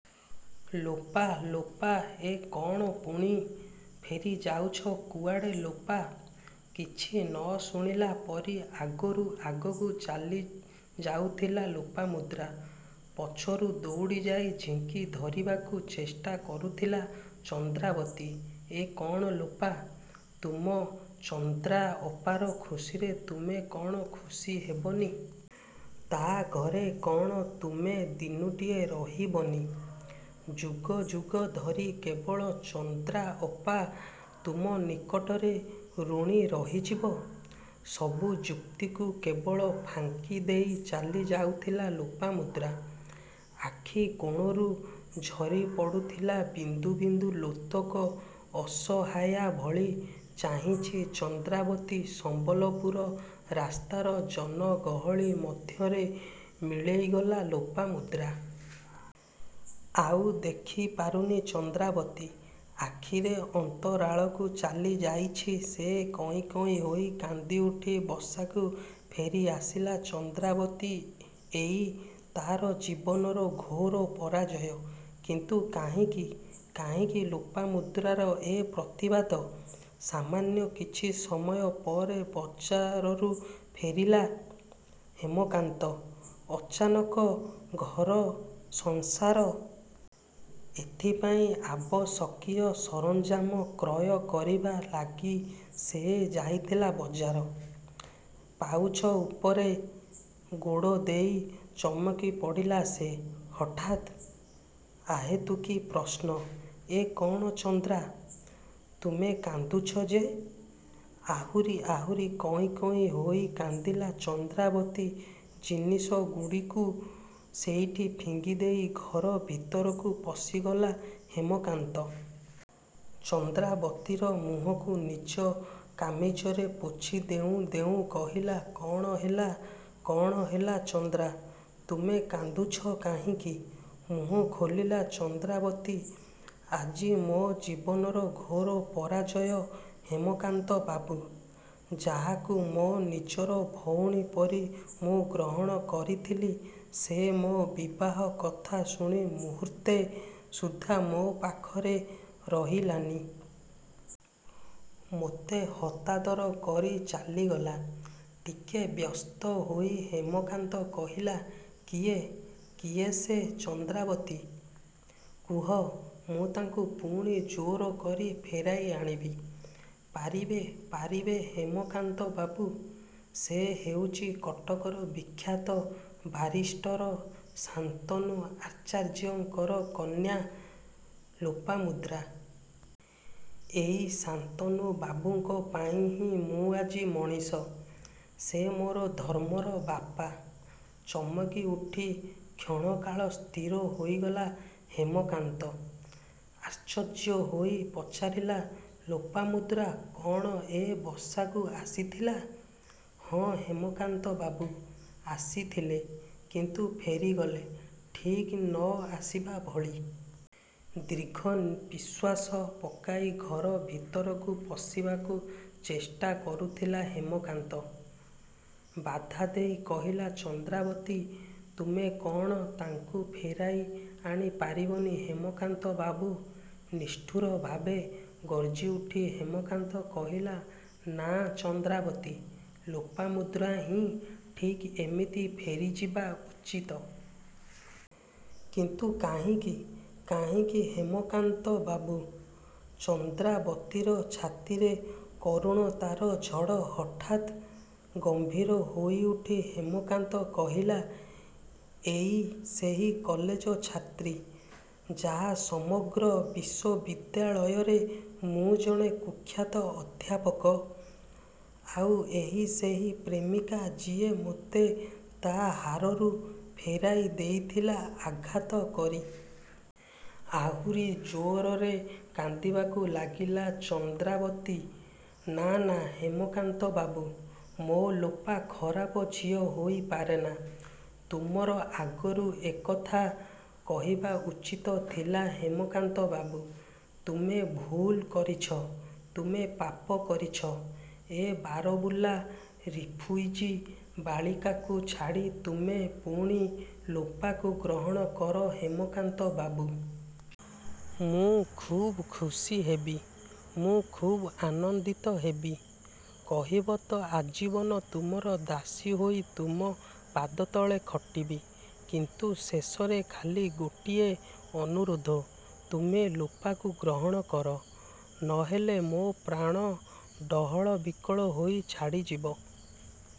''ଲୋପା ଲୋପା! ଏ କ'ଣ ପୁଣି ଫେରିଯାଉଛ କୁଆଡ଼େ ଲୋପା! '' କିଛି ନ ଶୁଣିଲା ପରି ଆଗରୁ ଆଗକୁ ଚାଲି ଯାଉଥିଲା ଲୋପାମୁଦ୍ରା ପଛରୁ ଦୌଡ଼ି ଯାଇ ଝିଙ୍କି ଧରିବାକୁ ଚେଷ୍ଟା କରୁଥିଲା ଚନ୍ଦ୍ରାବତୀ ''ଏ କ'ଣ ଲୋପା! ତୁମ ଚନ୍ଦ୍ରାଅପାର ଖୁସିରେ ତୁମେ କ'ଣ ଖୁସି ହେବନି? ତା'ଘରେ କ'ଣ ତୁମେ ଦିନୁଟିଏ ରହିବନି। ଯୁଗ ଯୁଗ ଧରି କେବଳ ଚନ୍ଦ୍ରାଅପା ତୁମ ନିକଟରେ ଋଣୀ ରହିଯିବ? '' ସବୁ ଯୁକ୍ତିକୁ କେବଳ ଫାଙ୍କି ଦେଇ ଚାଲି ଯାଉଥିଲା ଲୋପାମୁଦ୍ରା। ଆଖିକୋଣରୁ ଝରିପଡ଼ୁଥିଲା ବିନ୍ଦୁ ବିନ୍ଦୁ ଲୋତକ ଅସହାୟା ଭଳି ଚାହିଁଛି ଚନ୍ଦ୍ରାବତୀ ସମ୍ବଲପୁର ରାସ୍ତାର ଜନଗହଳି ମଧ୍ୟରେ ମିଳେଇଗଲା ଲୋପାମୁଦ୍ରା। ଆଉ ଦେଖିପାରୁନି ଚନ୍ଦ୍ରାବତୀ। ଆଖିରେ ଅନ୍ତରାଳକୁ ଚାଲିଯାଇଛି ସେ କଇଁ କଇଁ ହୋଇ କାନ୍ଦିଉଠି ବସାକୁ ଫେରିଆସିଲା ଚନ୍ଦ୍ରାବତୀ ଏଇ ତା'ର ଜୀବନର ଘୋର ପରାଜୟ। କିନ୍ତୁ କାହିଁକି କାହିଁକି ଲୋପାମୁଦ୍ରାର ଏ ପ୍ରତିବାଦ? ସାମାନ୍ୟ କିଛି ସମୟ ପରେ ବଜାରରୁ ଫେରିଲା ହେମକାନ୍ତ। ଅଚାନକ ଘର-ସଂସାର। ଏଥିପାଇଁ ଆବଶକୀୟ ସରଞ୍ଜାମ କ୍ରୟ କରିବା ଲାଗି ସେ ଯାଇଥିଲା ବଜାର। ପାଉଛ ଉପରେ ଗୋଡ଼ ଦେଇ ଚମକି ପଡ଼ିଲା ସେ। ହଠାତ୍ ଅହେତୁକୀ ପ୍ରଶ୍ନ ''ଏ କ'ଣ ଚନ୍ଦ୍ରା! ତୁମେ କାନ୍ଦୁଛ ଯେ! '' ଆହୁରି ଆହୁରି କଇଁ କଇଁ ହୋଇ କାନ୍ଦିଲା ଚନ୍ଦ୍ରାବତୀ ଜିନିଷଗୁଡ଼ିକୁ ସେଇଠି ଫିଙ୍ଗିଦେଇ ଘର ଭିତରକୁ ପଶିଗଲା ହେମକାନ୍ତ। ଚନ୍ଦ୍ରାବତୀର ମୁହଁକୁ ନିଜ କାମିଜରେ ପୋଛି ଦେଉଁ ଦେଉଁ କହିଲା-''କ'ଣ ହେଲା କ'ଣ ହେଲା ଚନ୍ଦ୍ରା! ତୁମେ କାନ୍ଦୁଛ କାହିଁକି? '' ମୁହଁ ଖୋଲିଲା ଚନ୍ଦ୍ରାବତୀ ''ଆଜି ମୋ ଜୀବନର ଘୋର ପରାଜୟ ହେମକାନ୍ତ ବାବୁ! ଯାହାକୁ ମୋ ନିଜର ଭଉଣୀ ପରି ମୁଁ ଗ୍ରହଣ କରିଥିଲି, ସେ ମୋ ବିବାହ କଥା ଶୁଣି ମୁହୂର୍ତ୍ତେ ସୁଦ୍ଧା ମୋ ପାଖରେ ରହିଲାନି। ମୋତେ ହତାଦର କରି ଚାଲିଗଲା। '' ଟିକେ ବ୍ୟସ୍ତ ହୋଇ ହେମକାନ୍ତ କହିଲା-''କିଏ.. କିଏ ସେ ଚନ୍ଦ୍ରାବତୀ? କୁହ ମୁଁ ତାଙ୍କୁ ପୁଣି ଜୋରକରି ଫେରାଇ ଆଣିବି। '' ''ପାରିବେ ପାରିବେ ହେମକାନ୍ତ ବାବୁ? ସେ ହେଉଚି କଟକର ବିଖ୍ୟାତ ବାରିଷ୍ଟର ଶାନ୍ତନୁ ଆଚାର୍ଯ୍ୟଙ୍କର କନ୍ୟା ଲୋପାମୁଦ୍ରା। ଏଇ ଶାନ୍ତନୁ ବାବୁଙ୍କ ପାଇଁ ହିଁ ମୁଁ ଆଜି ମଣିଷ। ସେ ମୋର ଧର୍ମର ବାପା ''। ଚମକି ଉଠି କ୍ଷଣକାଳ ସ୍ଥିର ହୋଇଗଲା ହେମକାନ୍ତ ଆଶ୍ଚର୍ଯ୍ୟ ହୋଇ ପଚାରିଲା ''ଲୋପାମୁଦ୍ରା କ'ଣ ଏ ବସାକୁ ଆସିଥିଲା '' ''ହଁ ହେମକାନ୍ତ ବାବୁ! ଆସିଥିଲେ, କିନ୍ତୁ ଫେରିଗଲେ ଠିକ୍ ନ ଆସିବା ଭଳି। '' ଦୀର୍ଘ ପିଃଶ୍ୱାସ ପକାଇ ଘର ଭିତରକୁ ପଶିବାକୁ ଚେଷ୍ଟା କରୁଥିଲା ହେମାକନ୍ତ ବାଧା ଦେଇ କହିଲା ଚନ୍ଦ୍ରାବତୀ-''ତୁମେ କ'ଣ ତାଙ୍କୁ ଫେରାଇ ଆଣି ପାରିବନି ହେମକାନ୍ତ ବାବୁ? '' ନିଷ୍ଠୁର ଭାବେ ଗର୍ଜିଉଠି ହେମକାନ୍ତ କହିଲା-''ନାଁ ଚନ୍ଦ୍ରାବତୀ ଲୋପାମୁଦ୍ରା ହିଁ ଠିକ୍ଏମିତି ଫେରିଯିବା ଉଚିତ। '' ''କିନ୍ତୁ କାହିଁକି କାହିଁକି ହେମକାନ୍ତ ବାବୁ! '' ଚନ୍ଦ୍ରାବତୀର ଛାତିରେ କରୁଣତାର ଝଡ଼ ହଠାତ୍ ଗମ୍ଭୀର ହୋଇଉଠି ହେମକାନ୍ତ କହିଲା-''ଏଇ ସେହି କଲେଜ ଛାତ୍ରୀ ଯାହା ସମଗ୍ର ବିଶ୍ୱବିଦ୍ୟାଳୟରେ ମୁଁ ଜଣେ କୁଖ୍ୟାତି ଅଧ୍ୟାପକ। ଆଉ ଏହି ସେହି ପ୍ରେମିକା ଯିଏ ମୋତେ ତା' ହାରରୁ ଫେରାଇ ଦେଇଥିଲା ଆଘାତ କରି। '' ଆହୁରି ଜୋରରେ କାନ୍ଦିବାକୁ ଲାଗିଲା ଚନ୍ଦ୍ରାବତୀ ''ନାଁ ନାଁ, ହେମକାନ୍ତ ବାବୁ! ମୋ ଲୋପା ଖରାପ ଝିଅ ହୋଇ ପାରେନା। ତୁମର-ଆଗରୁ ଏ କଥା କହିବା ଉଚିତ ଥିଲା ହେମକାନ୍ତ ବାବୁ। ତୁମେ ଭୁଲ୍ କରିଛ.. ତୁମେ ପାପ କରିଛ। ଏ ବାରବୁଲା ରିଫୁଇଜି ବାଳିକାକୁ ଛାଡ଼ି ତୁମେ ପୁଣି ଲୋପାକୁ ଗ୍ରହଣ କର ହେମକାନ୍ତ ବାବୁ! ମୁଁ ଖୁବ୍ ଖୁସି ହେବି। ମୁଁ ଖୁବ୍ ଆନନ୍ଦିତ ହେବି। କହିବ ତ ଆଜୀବନ ତୁମର ଦାସୀ ହୋଇ ତୁମ ପାଦତଳେ ଖଟିବି। କିନ୍ତୁ ଶେଷରେ ଖାଲି ଗୋଟିଏ ଅନୁରୋଧ-ତୁମେ ଲୋପାକୁ ଗ୍ରହଣ କର। ନ ହେଲେ ମୋ ପ୍ରାଣ ଡହଳ ବିକଳ ହୋଇ ଛାଡ଼ିଯିବ।